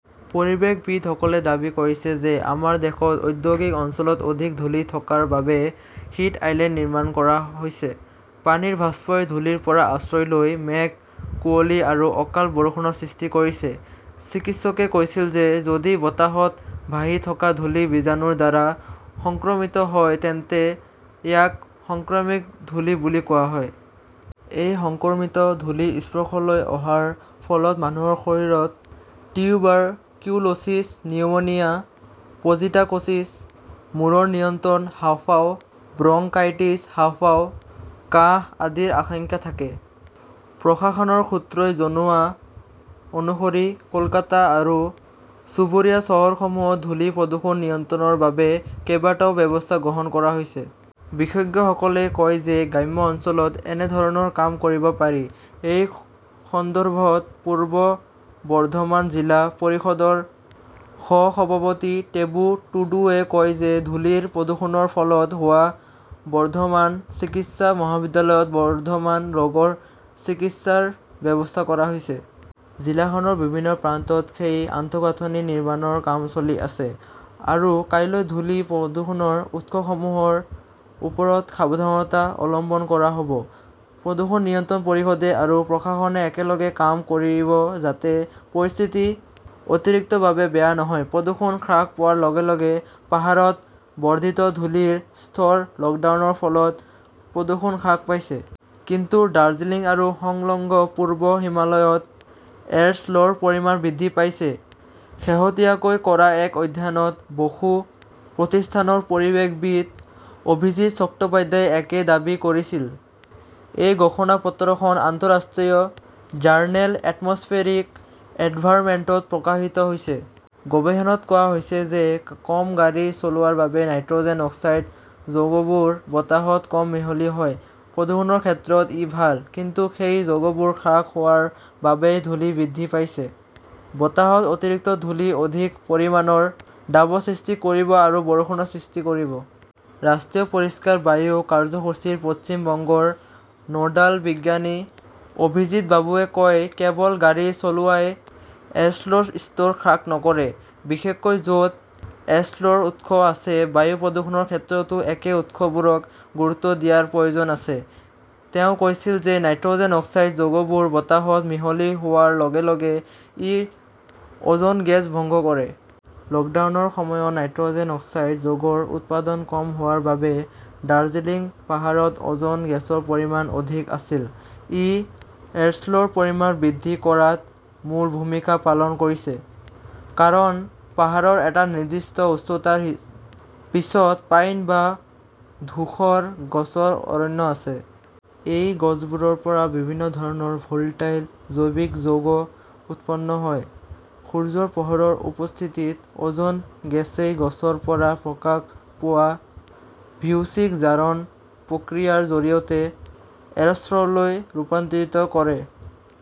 পৰিৱেশবিদসকলে দাবী কৰিছে যে আমাৰ দেশত ঔদ্যোগিক অঞ্চলত অধিক ধূলি থকাৰ বাবে 'হিট আইলেণ্ড নিৰ্মাণ কৰা হৈছে। পানীৰ বাষ্পই ধূলিৰ পৰা আশ্ৰয় লৈ মেঘ, কুঁৱলী আৰু অকাল বৰষুণৰ সৃষ্টি কৰিছে। চিকিৎসকে কৈছিল যে যদি বতাহত ভাহি থকা ধূলি জীৱাণুৰ দ্বাৰা সংক্ৰমিত হয় তেন্তে ইয়াক সংক্ৰমিত ধূলি বুলি কোৱা হয়। এই সংক্ৰমিত ধূলিৰ সংস্পৰ্শলৈ অহাৰ ফলত মানুহৰ শৰীৰত টিউবাৰকিউলোচিছ, নিউমোনিয়া, পজিটাকোচিছ, মূৰৰ নিয়ন্ত্ৰণ, হাঁওফাঁও, ব্ৰংকাইটিছ, হাঁওফাঁও, কাহ আদিৰ আশংকা থাকে। প্ৰশাসনৰ সূত্ৰই জনোৱা অনুসৰি কলকাতা আৰু চুবুৰীয়া চহৰসমূহত ধূলি প্ৰদূষণ নিয়ন্ত্ৰণৰ বাবে কেইবাটাও ব্যৱস্থা গ্ৰহণ কৰা হৈছে। বিশেষজ্ঞসকলে কয় যে গ্ৰাম্য অঞ্চলত একেধৰণৰ কাম কৰিব পাৰি। এই সন্দৰ্ভত পূব বৰ্ধমান জিলা পৰিষদৰ সহ-সভাপতি দেবু টুডুৱে কয় যে ধূলিৰ প্ৰদূষণৰ ফলত হোৱা বৰ্ধমান চিকিৎসা মহাবিদ্যালয়ত বৰ্ধমান ৰোগৰ চিকিৎসাৰ ব্যৱস্থা কৰা হৈছে। জিলাখনৰ বিভিন্ন প্ৰান্তত সেই আন্তঃগাঁথনি নিৰ্মাণৰ কাম চলি আছে। আৰু কাইলৈ ধূলি প্ৰদূষণৰ উৎসসমূহৰ ওপৰত সাৱধানতা অৱলম্বন কৰা হব। প্ৰদূষণ নিয়ন্ত্ৰণ পৰিষদে আৰু প্ৰশাসনে একেলগে কাম কৰিব যাতে পৰিস্থিতি অতিৰিক্তভাৱে বেয়া নহয়। প্ৰদূষণ হ্ৰাস পোৱাৰ লগে-লগে পাহাৰত বৰ্ধিত ধূলিৰ স্তৰ লকডাউনৰ ফলত প্ৰদূষণ হ্ৰাস পাইছে। কিন্তু ডাৰ্জিলিং আৰু সংলগ্ন পূব হিমালয়ত এৰছ ল ৰ পৰিমাণ বৃদ্ধি পাইছে। শেহতীয়াকৈ কৰা এক অধ্যয়নত বসু প্ৰতিষ্ঠানৰ পৰিৱেশবিদ অভিজিৎ চট্টোপাধ্যায়ই একে দাবী কৰিছিল। এই গৱেষণা পত্ৰখন আন্তঃৰাষ্ট্ৰীয় জাৰ্নেল এটমছফেৰিক এনভাইৰনমেণ্টত প্ৰকাশিত হৈছে। গৱেষণাত কোৱা হৈছে যে কম গাড়ী চলোৱাৰ বাবে নাইট্ৰজেন অক্সাইড যৌগবোৰ বতাহত কম মিহলি হয়। প্ৰদূষণৰ ক্ষেত্ৰত ই ভাল। কিন্তু সেই যৌগবোৰ হ্ৰাস হোৱাৰ বাবেই ধূলি বৃদ্ধি পাইছে। বতাহত অতিৰিক্ত ধূলি অধিক পৰিমাণৰ ডাৱৰ সৃষ্টি কৰিব আৰু বৰষুণৰ সৃষ্টি কৰিব। ৰাষ্ট্ৰীয় পৰিষ্কাৰ বায়ু কাৰ্যসূচীৰ পশ্চিম বংগৰ নোডাল বিজ্ঞানী অভিজিৎ বাবুৱে কয়, কেৱল গাড়ী চলোৱাই এৰছলৰ স্তৰ হ্ৰাস নকৰে, বিশেষকৈ যত এৰছলৰ উৎস আছে। বায়ু প্ৰদূষণৰ ক্ষেত্ৰতো এনে উৎসসমূহক গুৰুত্ব দিয়াৰ প্ৰয়োজন আছে। তেওঁ কৈছিল যে নাইট্ৰজেন অক্সাইড যৌগবোৰ বতাহত মিহলি হোৱাৰ লগে লগে ই অজন গেছ ভংগ কৰে। লকডাউনৰ সময়ত নাইট্ৰজেন অক্সাইড যৌগৰ উৎপাদন কম হোৱাৰ বাবে দাৰ্জিলিং পাহাৰত অজন গেছৰ পৰিমাণ অধিক আছিল। ই এৰছলৰ পৰিমাণ বৃদ্ধি কৰাত মূল ভূমিকা পালন কৰিছে। কাৰণ, পাহাৰৰ এটা নিৰ্দিষ্ট উচ্চতাৰ পিছত পাইন বা ধূসৰ গছৰ অৰণ্য আছে। এই গছবোৰৰ পৰা বিভিন্ন ধৰণৰ ভোল্টাইল জৈৱিক যৌগ উৎপন্ন হয়। সূৰ্যৰ পোহৰৰ উপস্থিতিত অজন গেছই গছৰ পৰা প্ৰকাশ পোৱা ভিঅচি-ক জাৰণ প্ৰক্ৰিয়াৰ জৰিয়তে এৰস্ললৈ ৰূপান্তৰিত কৰে।